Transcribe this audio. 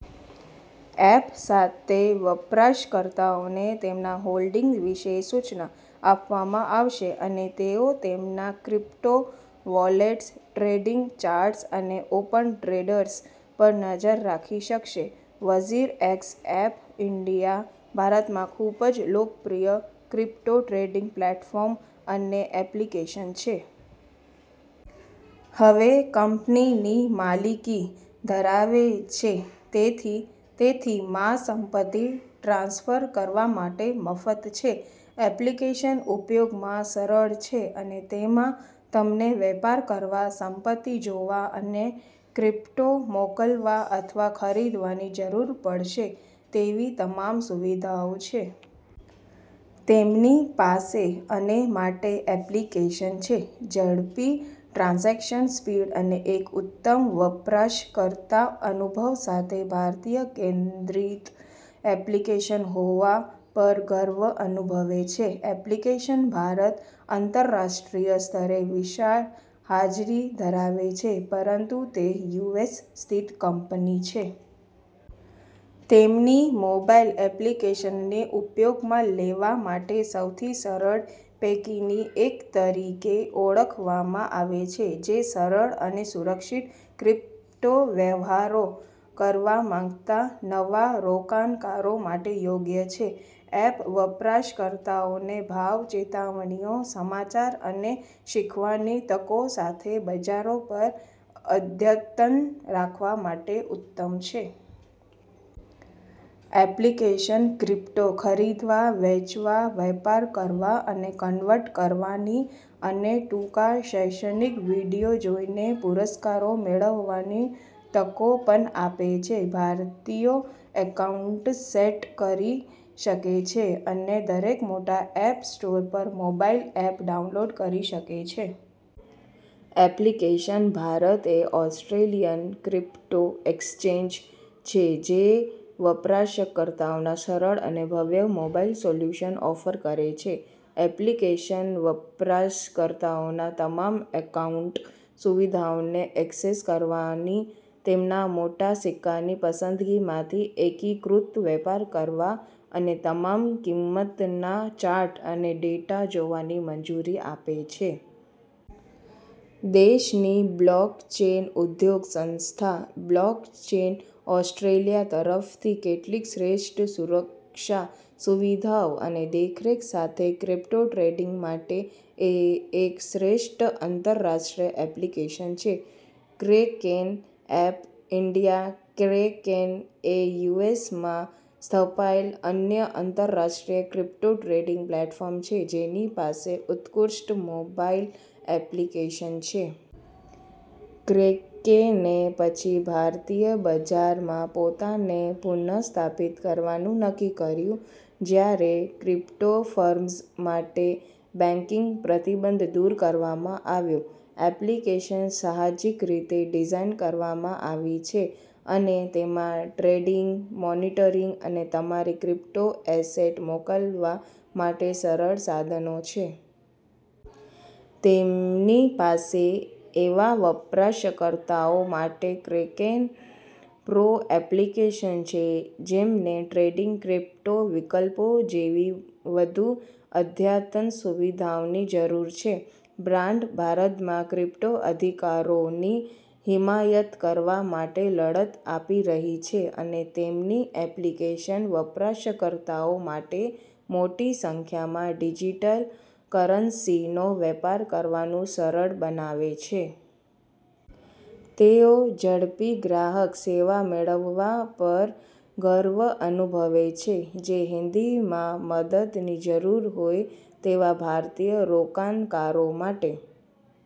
App સાથે, વપરાશકર્તાઓને તેમના હોલ્ડિંગ વિશે સૂચના આપવામાં આવશે અને તેઓ તેમના ક્રિપ્ટો વોલેટ્સ, ટ્રેડિંગ ચાર્ટ્સ અને ઓપન ટ્રેડ્સ પર નજર રાખી શકશે. વઝીરએક્સ એપ ઇન્ડિયા ભારતમાં ખૂબ જ લોકપ્રિય ક્રિપ્ટો ટ્રેડિંગ પ્લેટફોર્મ અને એપ્લિકેશન છે. હવે કંપનીની માલિકી ધરાવે છે, તેથી તે થી માં સંપત્તિ ટ્રાન્સફર કરવા માટે મફત છે. એપ્લિકેશન ઉપયોગમાં સરળ છે અને તેમાં તમને વેપાર કરવા, સંપત્તિ જોવા અને ક્રિપ્ટો મોકલવા અથવા ખરીદવાની જરૂર પડશે તેવી તમામ સુવિધાઓ છે. તેમની પાસે, અને માટે એપ્લિકેશન છે. ઝડપી ટ્રાન્ઝેક્શન સ્પીડ અને એક ઉત્તમ વપરાશકર્તા અનુભવ સાથે ભારતીય-કેન્દ્રિત એપ્લિકેશન હોવા પર ગર્વ અનુભવે છે. એપ્લિકેશન ભારત આંતરરાષ્ટ્રીય સ્તરે વિશાળ હાજરી ધરાવે છે, પરંતુ તે યુએસ સ્થિત કંપની છે. તેમની મોબાઇલ એપ્લિકેશનને ઉપયોગમાં લેવા માટે સૌથી સરળ પૈકીની એક તરીકે ઓળખવામાં આવે છે, જે સરળ અને સુરક્ષિત ક્રિપ્ટો વ્યવહારો કરવા માંગતા નવા રોકાણકારો માટે યોગ્ય છે. એપ વપરાશકર્તાઓને ભાવ ચેતવણીઓ, સમાચાર અને શીખવાની તકો સાથે બજારો પર અદ્યતન રાખવા માટે ઉત્તમ છે. એપ્લિકેશન ક્રિપ્ટો ખરીદવા, વેચવા, વેપાર કરવા અને કન્વર્ટ કરવાની અને ટૂંકા શૈક્ષણિક વીડિયો જોઈને પુરસ્કારો મેળવવાની તકો પણ આપે છે. ભારતીયો એકાઉન્ટ સેટ કરી શકે છે અને દરેક મોટા એપ સ્ટોર પર મોબાઇલ એપ ડાઉનલોડ કરી શકે છે. એપ્લિકેશન ભારત એ ઓસ્ટ્રેલિયન ક્રિપ્ટો એક્સચેન્જ છે જે વપરાશકર્તાઓને સરળ અને ભવ્ય મોબાઇલ સોલ્યુશન ઓફર કરે છે. એપ્લિકેશન વપરાશકર્તાઓને તમામ એકાઉન્ટ સુવિધાઓને ઍક્સેસ કરવાની, તેમના મોટા સિક્કાની પસંદગીમાંથી એકીકૃત વેપાર કરવા અને તમામ કિંમતના ચાર્ટ અને ડેટા જોવાની મંજૂરી આપે છે. દેશની બ્લોકચેન ઉદ્યોગ સંસ્થા બ્લોકચેન ઓસ્ટ્રેલિયા તરફથી કેટલીક શ્રેષ્ઠ સુરક્ષા સુવિધાઓ અને દેખરેખ સાથે ક્રિપ્ટો ટ્રેડિંગ માટે એ એક શ્રેષ્ઠ આંતરરાષ્ટ્રીય એપ્લિકેશન છે. ક્રેકેન એપ ઈન્ડિયા ક્રેકેન એ યુ. એસ. માં સ્થપાયેલ અન્ય આંતરરાષ્ટ્રીય ક્રિપ્ટો ટ્રેડિંગ પ્લેટફોર્મ છે જેની પાસે ઉત્કૃષ્ટ મોબાઇલ એપ્લિકેશન છે. ક્રેકેને પછી ભારતીય બજારમાં પોતાને પુનઃસ્થાપિત કરવાનું નક્કી કર્યું, જ્યારે ક્રિપ્ટો ફર્મ્સ માટે બેંકિંગ પ્રતિબંધ દૂર કરવામાં આવ્યો. એપ્લિકેશન સાહજિક રીતે ડિઝાઇન કરવામાં આવી છે અને તેમાં ટ્રેડિંગ, મોનિટરિંગ અને તમારી ક્રિપ્ટો એસેટ મોકલવા માટે સરળ સાધનો છે. તેમની પાસે એવા વપરાશકર્તાઓ માટે ક્રેકેન પ્રો એપ્લિકેશન છે જેમને ટ્રેડિંગ ક્રિપ્ટો વિકલ્પો જેવી વધુ અદ્યતન સુવિધાઓની જરૂર છે. બ્રાન્ડ ભારતમાં ક્રિપ્ટો અધિકારોની હિમાયત કરવા માટે લડત આપી રહી છે, અને તેમની એપ્લિકેશન વપરાશકર્તાઓ માટે મોટી સંખ્યામાં ડિજિટલ કરન્સીનો વેપાર કરવાનું સરળ બનાવે છે. તેઓ ઝડપી ગ્રાહક સેવા મેળવવા પર ગર્વ અનુભવે છે, જે હિન્દીમાં મદદની જરૂર હોય તેવા ભારતીય રોકાણકારો માટે